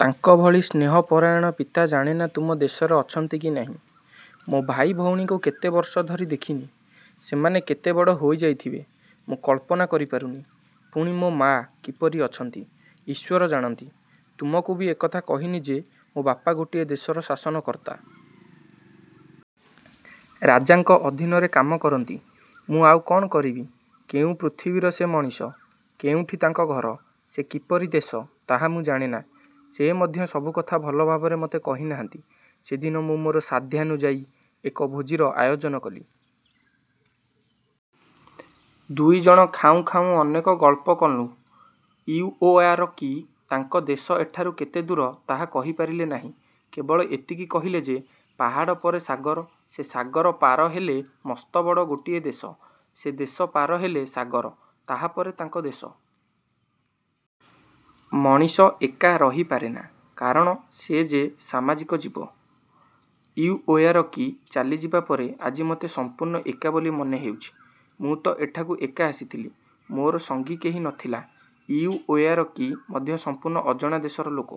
ତାଙ୍କଭଳି ସ୍ନେହପରାୟଣ ପିତା ଜାଣେନା ତୁମ ଦେଶରେ ଅଛନ୍ତି କି ନାହିଁ। ମୋ ଭାଇ ଭଉଣୀଙ୍କୁ କେତେ ବର୍ଷ ଧରି ଦେଖିନି, ସେମାନେ କେତେ ବଡ଼ ହୋଇଯାଇଥିବେ ମୁଁ କଳ୍ପନା କରିପାରୁନି। ପୁଣି ମୋ ମା' କିପରି ଅଛନ୍ତି, ଈଶ୍ୱର ଜାଣନ୍ତି। ତୁମକୁ ବି ଏକଥା କହିନି ଯେ, ମୋ ବାପା ଗୋଟିଏ ଦେଶର ଶାସନକର୍ତ୍ତା। ରାଜାଙ୍କ ଅଧୀନରେ କାମ କରନ୍ତି। '' ମୁଁ ଆଉ କ'ଣ କରିବି? କେଉଁ ପୃଥିବୀର ସେ ମଣିଷ, କେଉଁଠି ତାଙ୍କ ଘର, ସେ କିପରି ଦେଶ, ତାହା ମୁଁ ଜାଣେନା। ସ ମଧ୍ୟ ସବୁକଥା ଭଲଭାବରେ ମୋତେ କହିନାହାନ୍ତି। ସେଦିନ ମୁଁ ମୋର ସାଧ୍ୟାନୁଯାୟୀ ଏକ ଭୋଜୀର ଆୟୋଜନ କଲି। ଦୁଇଜଣ ଖାଉଁ ଖାଉଁ ଅନେକ ଗଳ୍ପ କଲୁଁ। ଇଉଓୟାରକି ତାଙ୍କ ଦେଶ ଏଠାରୁ କେତେଦୂର ତାହା କହିପାରିଲେ ନାହିଁ, କେବଳ ଏତିକି କହିଲେ ଯେ, ପାହାଡ଼ ପରେ ସାଗର, ସେ ସାଗର ପାର ହେଲେ ମସ୍ତବଡ଼ ଗୋଟିଏ ଦେଶ, ସେ ଦେଶ ପାର ହେଲେ ସାଗର, ତାହାପରେ ତାଙ୍କ ଦେଶ। ମଣିଷ ଏକା ରହିପାରେନା। କାରଣ ସେ ଯେ ସାମାଜିକ ଜୀବ। ଇଉଓୟାରକି ଚାଲିଯିବା ପରେ ଆଜି ମୋତେ ସମ୍ପୂର୍ଣ୍ଣ ଏକା ବୋଲି ମନେହେଉଛି। ମୁଁ ତ ଏଠାକୁ ଏକା ଆସିଥିଲି, ମୋର ସଙ୍ଗୀ କେହି ନ ଥିଲା ଇଉଓୟାରକି ମଧ୍ୟ ସମ୍ପୂର୍ଣ୍ଣ ଅଜଣା ଦେଶର ଲୋକ।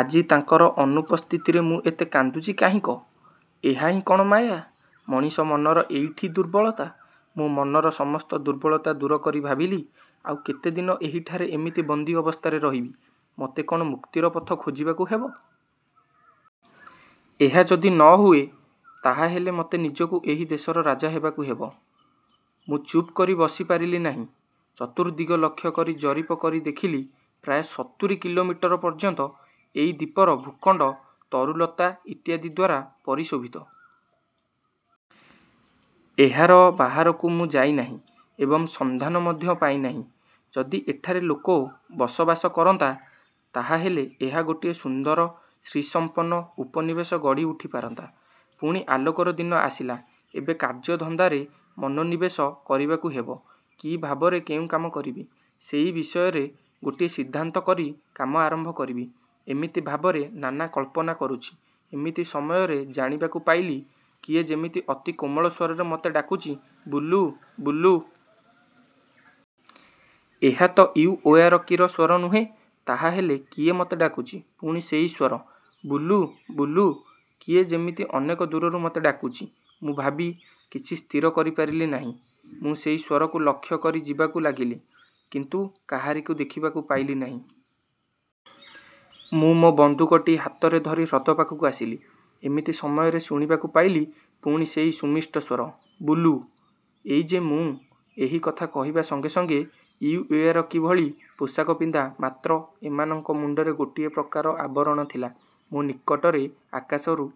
ଆଜି ତାଙ୍କର ଅନୁପସ୍ଥିତିରେ ମୁଁ ଏତେ କାନ୍ଦୁଛି କାହିଁକ? ଏହାହିଁ କ'ଣ ମାୟା? ମଣିଷ ମନର ଏଇଠି ଦୁର୍ବଳତା। ମୋ ମନର ସମସ୍ତ ଦୁର୍ବଳତା ଦୂର କରି ଭାବିଲି, ଆଉ କେତେଦିନ ଏହିଠାରେ ଏମିତି ବନ୍ଦୀ ଅବସ୍ଥାରେ ରହିବି। ମୋତେ କ'ଣ ମୁକ୍ତିର ପଥ ଖୋଜିବାକୁ ହେବ? ଏହା ଯଦି ନ ହୁଏ, ତାହାହେଲେ ମୋତେ ନିଜକୁ ଏହି ଦେଶର ରାଜା ହେବାକୁ ହେବ-। ମୁଁ ଚୁପ୍ କରି ବସିପାରିଲି ନାହିଁ। ଚତୁର୍ଦ୍ଦିଗ ଲକ୍ଷ୍ୟ କରି ଜରିପ କରି ଦେଖିଲି ପ୍ରାୟ ସତୁରୀ କିଲୋମିଟର ପର୍ଯ୍ୟନ୍ତ ଏଇ ଦ୍ୱୀପର ଭୂଖଣ୍ଡ ତରୁଲତା ଇତ୍ୟାଦିଦ୍ୱାରା ପରିଶୋଭିତ। ଏହାର ବାହାରକୁ ମୁଁ ଯାଇ ନାହିଁ ଏବଂ ସନ୍ଧାନ ମଧ୍ୟ ପାଇ ନାହିଁ। ଯଦି ଏଠାରେ ଲୋକ ବସବାସ କରନ୍ତା, ତାହାହେଲେ ଏହା ଗୋଟିଏ ସୁନ୍ଦର ଶ୍ରୀସମ୍ପନ୍ନ ଉପନିବେଶ ଗଢ଼ି ଉଠିପାରନ୍ତା। ପୁଣି ଆଲୋକର ଦିନ ଆସିଲା, ଏବେ କାର୍ଯ୍ୟଧନ୍ଦାରେ ମନୋନିବେଶ କରିବାକୁ ହେବ-। କି ଭାବରେ କେଉଁ କାମ କରିବି, ସେଇ ବିଷୟରେ ଗୋଟିଏ ସିଦ୍ଧାନ୍ତ କରି କାମ ଆରମ୍ଭ କରିବି-ଏମିତି ଭାବରେ ନାନା କଳ୍ପନା କରୁଛି, ଏମିତି ସମୟରେ ଜାଣିବାକୁ ପାଇଲି, କିଏ ଯେମିତି ଅତି କୋମଳ ସ୍ୱରରେ ମୋତେ ଡାକୁଛି-''ବୁଲୁ, ବୁଲୁ! '' ଏହା ତ ଇଉଓୟାରକିର ସ୍ୱର ନୁହେଁ, ତାହାହେଲେ କିଏ ମୋତେ ଡାକୁଛି? ପୁଣି ସେଇ ସ୍ୱର,-''ବୁଲୁ, ବୁଲୁ '' କିଏ ଯେମିତି ଅନେକ ଦୂରରୁ ମୋତେ ଡାକୁଛି। ମୁଁ ଭାବି। କିଛି ସ୍ଥିର କରିପାରିଲି ନାହିଁ। ମୁଁ ସେଇ ସ୍ୱରକୁ ଲକ୍ଷ୍ୟ କରି ଯିବାକୁ ଲାଗିଲି; କିନ୍ତୁ କାହାରିକୁ ଦେଖିବାକୁ ପାଇଲି ନାହିଁ-। ମୁଁ ମୋ ବନ୍ଧୁକଟି ହାତରେ ଧରି ହ୍ରଦ ପାଖକୁ ଆସିଲି। ଏମିତି ସମୟରେ ଶୁଣିବାକୁ ପାଇଲି, ପୁଣି ସେଇ ସୁମିଷ୍ଟ ସ୍ୱର-''ବୁଲୁ ''. ''ଏଇ ଯେ ମୁଁ। '' ଏହି କଥା କହିବା ସଙ୍ଗେ ସଙ୍ଗେ ଇଉଓୟାରକିଭଳି ପୋଷାକ ପିନ୍ଧା; ମାତ୍ର ଏମାନଙ୍କ ମୁଣ୍ଡରେ ଗୋଟିଏ ପ୍ରକାର ଆବରଣ ଥିଲା-ମୋ ନିକଟରେ ଆକାଶରୁ